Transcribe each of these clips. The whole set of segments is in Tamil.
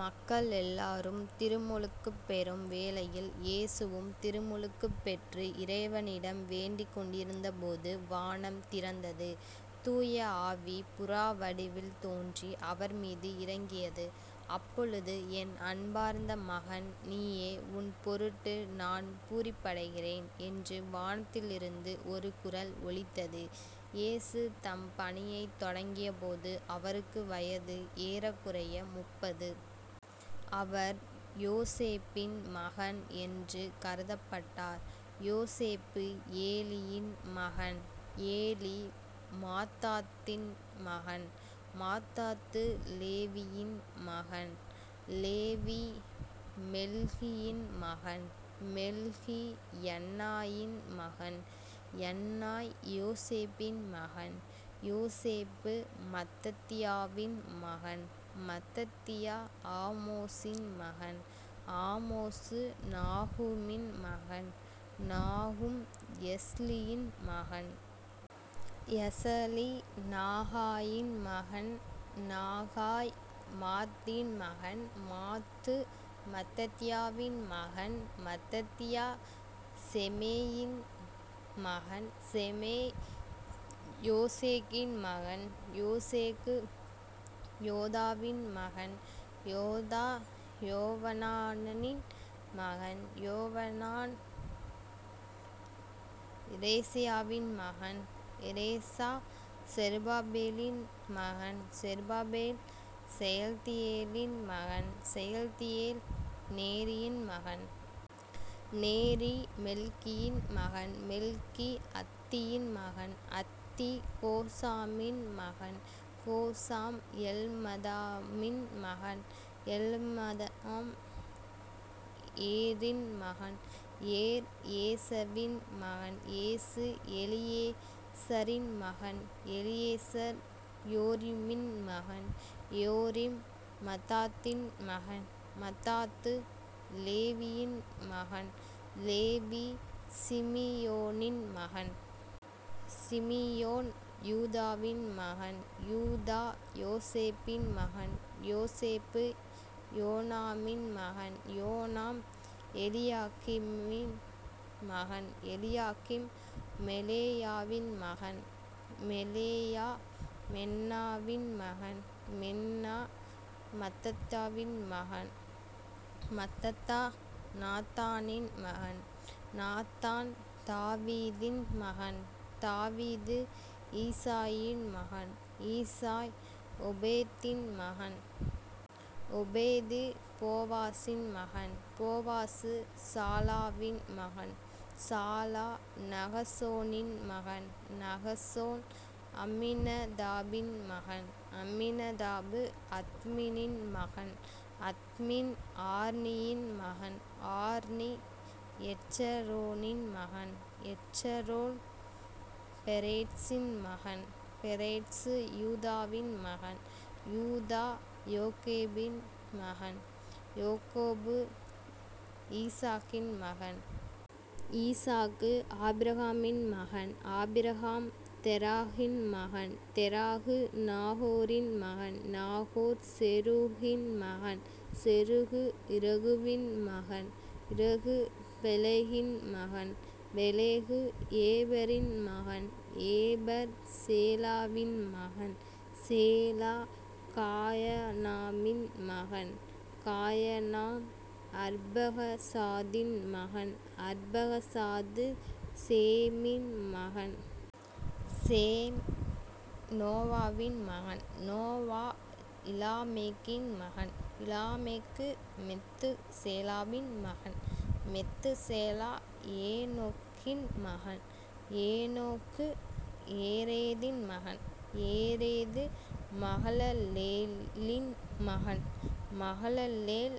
மக்களெல்லாரும் திருமுழுக்குப் பெறும் வேளையில் இயேசுவும் திருமுழுக்குப் பெற்று இறைவனிடம் வேண்டிக் கொண்டிருந்தபோது வானம் திறந்தது. தூய ஆவி புறா வடிவில் தோன்றி அவர்மீது இறங்கியது. அப்பொழுது என் அன்பார்ந்த மகன் நீயே உன்பொருட்டு நான் பூரிப்படைகிறேன் என்று வானத்திலிருந்து ஒரு குரல் ஒலித்தது. இயேசு தம் பணியைத் தொடங்கியபோது அவருக்கு வயது ஏறக்குறைய முப்பது. அவர் யோசேப்பின் மகன் என்று கருதப்பட்டார். யோசேப்பு ஏலியின் மகன். ஏலி மாத்தாத்தின் மகன். மாத்தாத்து லேவியின் மகன். லேவி மெல்கியின் மகன். மெல்கி யன்னாயின் மகன். யன்னாய் யோசேப்பின் மகன். யோசேப்பு மத்தத்தியாவின் மகன். மத்தத்தியா ஆமோசின் மகன். ஆமோசு நாகூமின் மகன். நாகூம் எஸ்லியின் மகன். எஸலி நாகாயின் மகன். நாகாய் மாத்தின் மகன். மாத்து மத்தத்தியாவின் மகன். மத்தத்தியா செமேயின் மகன். செமேய் யோசேக்கின் மகன். யோசேக்கு யோதாவின் மகன். யோதா யோவனானின் மகன். யோவனான் இரேசாவின் மகன். இரேசா செருபாபேலின். மகன் செருபாபேல் செயல்தியேலின் மகன். செயல்தியேல் நேரியின் மகன். நேரி மெல்கியின் மகன். மெல்கி அத்தியின் மகன். அத்தி கோசாமின் மகன். கோசாம் எல்மதாமின் மகன். எல்மதாம் ஏரின் மகன். ஏர் ஏசவின் மகன். ஏசு எலியேசரின் மகன். எலியேசர் யோரிமின் மகன். யோரிம் மாத்தாத்தின் மகன். மாத்தாத்து லேவியின் மகன். லேவி சிமியோனின் மகன். சிமியோன் யூதாவின் மகன். யூதா யோசேப்பின் மகன். யோசேப்பு யோனாமின் மகன். யோனாம் எலியாக்கிமின் மகன். எலியாக்கிம் மெலேயாவின் மகன். மெலேயா மென்னாவின் மகன். மென்னா மத்தத்தாவின் மகன். மத்தத்தா நாத்தானின் மகன். நாத்தான் தாவீதின் மகன். தாவீது ஈசாயின் மகன். ஈசாய் ஓபேதின் மகன். ஓபேது போவாசின் மகன். போவாசு சாலாவின் மகன். சாலா நகசோனின் மகன். நகசோன் அம்மினதாபின் மகன். அம்மினதாபு அத்மினின் மகன். அத்மின் ஆர்னியின் மகன். ஆர்னி எட்சரோனின் மகன். எட்சரோன் பெரேட்சின் மகன். பெரேட்சு யூதாவின் மகன். யூதா யாக்கோபின் மகன். யாக்கோபு ஈசாக்கின் மகன். ஈசாக்கு ஆபிரகாமின் மகன். ஆபிரகாம் தெராகின் மகன். தெராகு நாகோரின் மகன். நாகோர் செரூகின் மகன். செரூகு இரகுவின் மகன். இரகு பெலேகின் மகன். பெலேகு ஏபேரின் மகன். ஏபேர் சேலாவின் மகன். சேலா காயனாமின் மகன். காயனாம் அர்பகசாதின் மகன். அர்பகசாது சேமின் மகன். சேம் நோவாவின் மகன். நோவா இலாமேக்கின் மகன். இலாமேக்கு மெத்துசேலாவின் மகன். மெத்துசேலா ஏனொக்கின் மகன். ஏனோக்கு ஏரேதின் மகன். ஏரேது மகலலேலின் மகன். மகலலேல்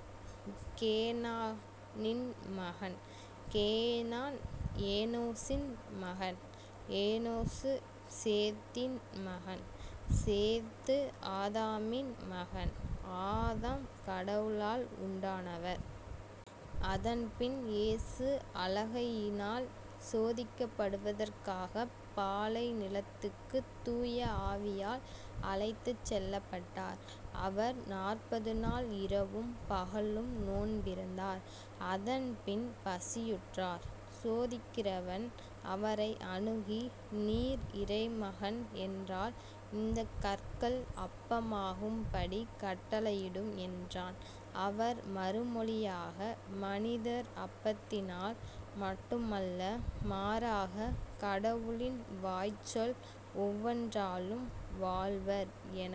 கேனானின் மகன். கேனான் ஏனோசின் மகன். ஏனோசு சேத்தின் மகன். சேத்து ஆதாமின் மகன். ஆதாம் கடவுளால் உண்டானவர். அதன்பின் இயேசு அலகையினால் சோதிக்கப்படுவதற்காகப் பாலை நிலத்திற்குத் தூய ஆவியால் அழைத்துச் செல்லப்பட்டார். அவர் நாற்பது நாள் இரவும் பகலும் நோன்பிருந்தார். அதன் பின் பசியுற்றார். சோதிக்கிறவன் அவரை அணுகி நீர் இறைமகன் என்றால் இந்தக் கற்கள் அப்பமாகும்படிக் கட்டளையிடும் என்றான். அவர் மறுமொழியாக மனிதர் அப்பத்தினால் மட்டுமல்ல மாறாக கடவுளின் வாய்ச்சொல் ஒவ்வொன்றாலும் வாழ்வர் என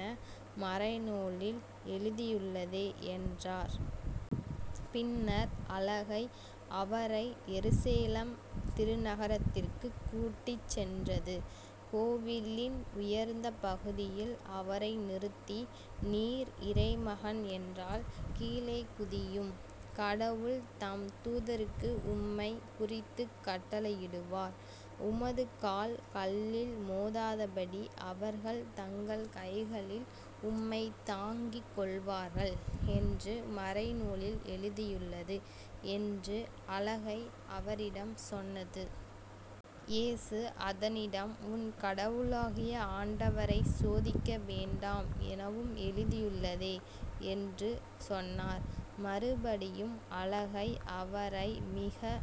மறைநூலில் எழுதியுள்ளதே என்றார். பின்னர் அலகை அவரை எருசலேம் திருநகரத்திற்குக் கூட்டிச் சென்றது. கோவிலின் உயர்ந்த பகுதியில் அவரை நிறுத்தி நீர் இறைமகன் என்றால் கீழே குதியும் கடவுள் தம் தூதருக்கு உம்மைக் குறித்துக் கட்டளையிடுவார். உமது கால் கல்லில் மோதாதபடி அவர்கள் தங்கள் கைகளில் உம்மைத் தாங்கிக் கொள்வார்கள் என்று மறைநூலில் எழுதியுள்ளது என்று அலகை அவரிடம் சொன்னது. இயேசு அதனிடம் உன் கடவுளாகிய ஆண்டவரைச் சோதிக்க வேண்டாம் எனவும் எழுதியுள்ளதே என்று சொன்னார். மறுபடியும் அலகை அவரை மிக